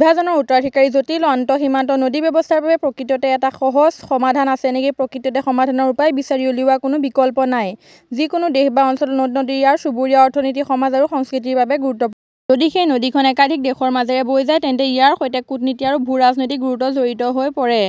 বিভাজনৰ উত্তৰাধিকাৰী জটিল আন্তঃসীমান্ত নদী ব্যৱস্থাৰ বাবে প্ৰকৃততে এটা সহজ সমাধান আছে নেকি প্ৰকৃততে সমাধানৰ উপায় বিচাৰি উলিওৱাৰ কোনো বিকল্প নাই। যিকোনো দেশ বা অঞ্চলৰ নদী-নদী ইয়াৰ চুবুৰীয়া, অৰ্থনীতি, সমাজ আৰু সংস্কৃতিৰ বাবে গুৰুত্বপূৰ্ণ। যদি সেই নদীখন একাধিক দেশৰ মাজেৰে বৈ যায়, তেন্তে ইয়াৰ সৈতে কূটনীতি আৰু ভূ-ৰাজনৈতিক গুৰুত্ব জড়িত হৈ পৰে।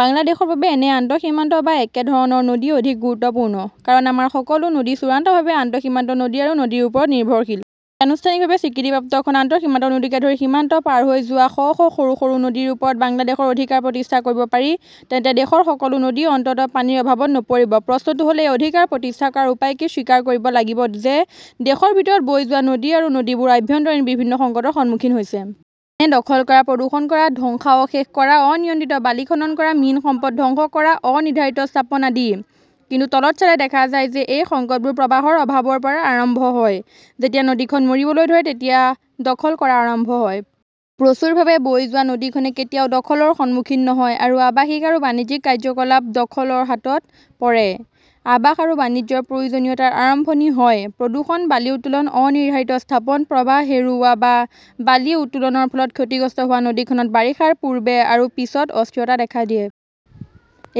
বাংলাদেশৰ বাবে এনে আন্তঃসীমান্ত বা একেধৰণৰ নদী অধিক গুৰুত্বপূৰ্ণ। কাৰণ আমাৰ সকলো নদী চূড়ান্তভাৱে আন্তঃসীমান্ত নদী আৰু নদীৰ ওপৰত নিৰ্ভৰশীল। যদি আনুষ্ঠানিকভাৱে স্বীকৃতিপ্ৰাপ্ত খন আন্তঃসীমান্ত নদীকে ধৰি সীমান্ত পাৰ হৈ যোৱা শ শ সৰু সৰু নদীৰ ওপৰত বাংলাদেশৰ অধিকাৰ প্ৰতিষ্ঠা কৰিব পাৰি, তেন্তে দেশৰ সকলো নদী অন্ততঃ পানীৰ অভাৱত নপৰিব। প্ৰশ্নটো হ’ল, এই অধিকাৰ প্ৰতিষ্ঠা কৰাৰ উপায় কি স্বীকাৰ কৰিব লাগিব যে দেশৰ ভিতৰত বৈ যোৱা নদী আৰু নদীবোৰে আভ্যন্তৰীণ বিভিন্ন সংকটৰ সন্মুখীন হৈছে। যেনে দখল কৰা, প্ৰদূষণ কৰা, ধ্বংসাৱশেষ কৰা, অনিয়ন্ত্ৰিত বালি খনন কৰা, মীন সম্পদ ধ্বংস কৰা, অনিৰ্ধাৰিত স্থাপন আদি। কিন্তু তলত চালে দেখা যায় যে এই সংকটবোৰ প্ৰবাহৰ অভাৱৰ পৰা আৰম্ভ হয়। যেতিয়া নদীখন মৰিবলৈ ধৰে, তেতিয়া দখল কৰা আৰম্ভ হয়। প্ৰচুৰভাৱে বৈ যোৱা নদীখনে কেতিয়াও দখলৰ সন্মুখীন নহয়। আৰু আৱাসিক আৰু বাণিজ্যিক কাৰ্যকলাপ দখলৰ হাতত পৰে। আৱাস আৰু বাণিজ্যৰ প্ৰয়োজনীয়তাৰ আৰম্ভণি হয় প্ৰদূষণ, বালি উত্তোলন, অনিৰ্ধাৰিত স্থাপন। প্ৰবাহ হেৰুওৱা বা বালি উত্তোলনৰ ফলত ক্ষতিগ্ৰস্ত হোৱা নদীখনত বাৰিষাৰ পূৰ্বে আৰু পিছত অস্থিৰতা দেখা দিয়ে।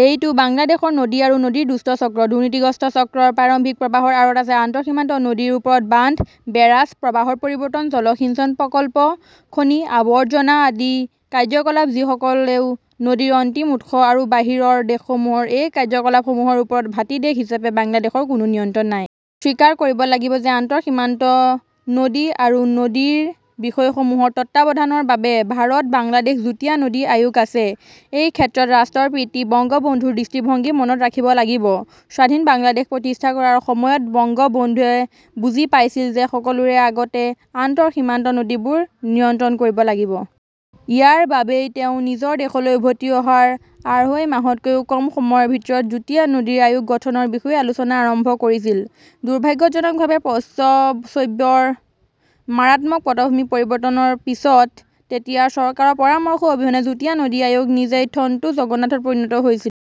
এইটো বাংলাদেশৰ নদী আৰু নদীৰ দুষ্ট চক্ৰ । দুৰ্নীতিগ্ৰস্ত চক্ৰৰ প্ৰাৰম্ভিক প্ৰৱাহৰ আঁৰত আছে আন্তঃসীমান্ত নদীৰ ওপৰত বান্ধ, বেৰাজ, প্ৰৱাহৰ পৰিৱৰ্তন, জলসিঞ্চন প্ৰকল্প, খনি, আৱৰ্জনা আদি কাৰ্যকলাপ, যি সকলো নদীৰ অন্তিম উৎস। আৰু বাহিৰৰ দেশসমূহৰ এই কাৰ্যকলাপসমূহৰ ওপৰত ভাটি দেশ হিচাপে বাংলাদেশৰ কোনো নিয়ন্ত্ৰণ নাই। স্বীকাৰ কৰিব লাগিব যে আন্তঃসীমান্ত নদী আৰু নদীৰ বিষয়সমূহৰ তত্বাৱধানৰ বাবে ভাৰত-বাংলাদেশ যুটীয়া নদী আয়োগ আছে। এই ক্ষেত্ৰত ৰাষ্ট্ৰৰ পিতৃ বঙ্গবন্ধুৰ দৃষ্টিভংগী মনত ৰাখিব লাগিব। স্বাধীন বাংলাদেশ প্ৰতিষ্ঠা কৰাৰ সময়ত বংগবন্ধুৱে বুজি পাইছিল যে সকলোৰে আগতে আন্তঃসীমান্ত নদীবোৰ নিয়ন্ত্ৰণ কৰিব লাগিব। ইয়াৰ বাবেই তেওঁ নিজৰ দেশলৈ উভতি অহাৰ আঢ়ৈ মাহতকৈও কম সময়ৰ ভিতৰত যুটীয়া নদী আয়োগ গঠনৰ বিষয়ে আলোচনা আৰম্ভ কৰিছিল। দুৰ্ভাগ্যজনকভাৱে, পঞ্চচব্বৈৰ মাৰাত্মক পটভূমি পৰিৱৰ্তনৰ পিছত, তেতিয়াৰ চৰকাৰৰ পৰামৰ্শ অবিহনে যুটীয়া নদী আয়োগ নিজেই থণ্টু জগন্নাথত পৰিণত হৈছিল।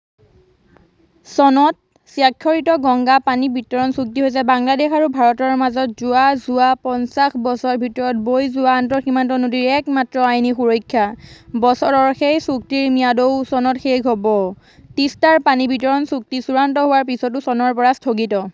চনত স্বাক্ষৰিত গংগা পানী বিতৰণ চুক্তি হৈছে বাংলাদেশ আৰু ভাৰতৰ মাজত যোৱা যোৱা পঞ্চাশ বছৰৰ ভিতৰত বৈ যোৱা আন্তঃসীমান্ত নদীৰ একমাত্ৰ আইনী সুৰক্ষা। বছৰৰ সেই চুক্তিৰ ম্যাদও চনত শেষ হ 'ব। তিষ্টাৰ পানী বিতৰণ চুক্তি চূড়ান্ত হোৱাৰ পিছতো চনৰ পৰা স্থগিত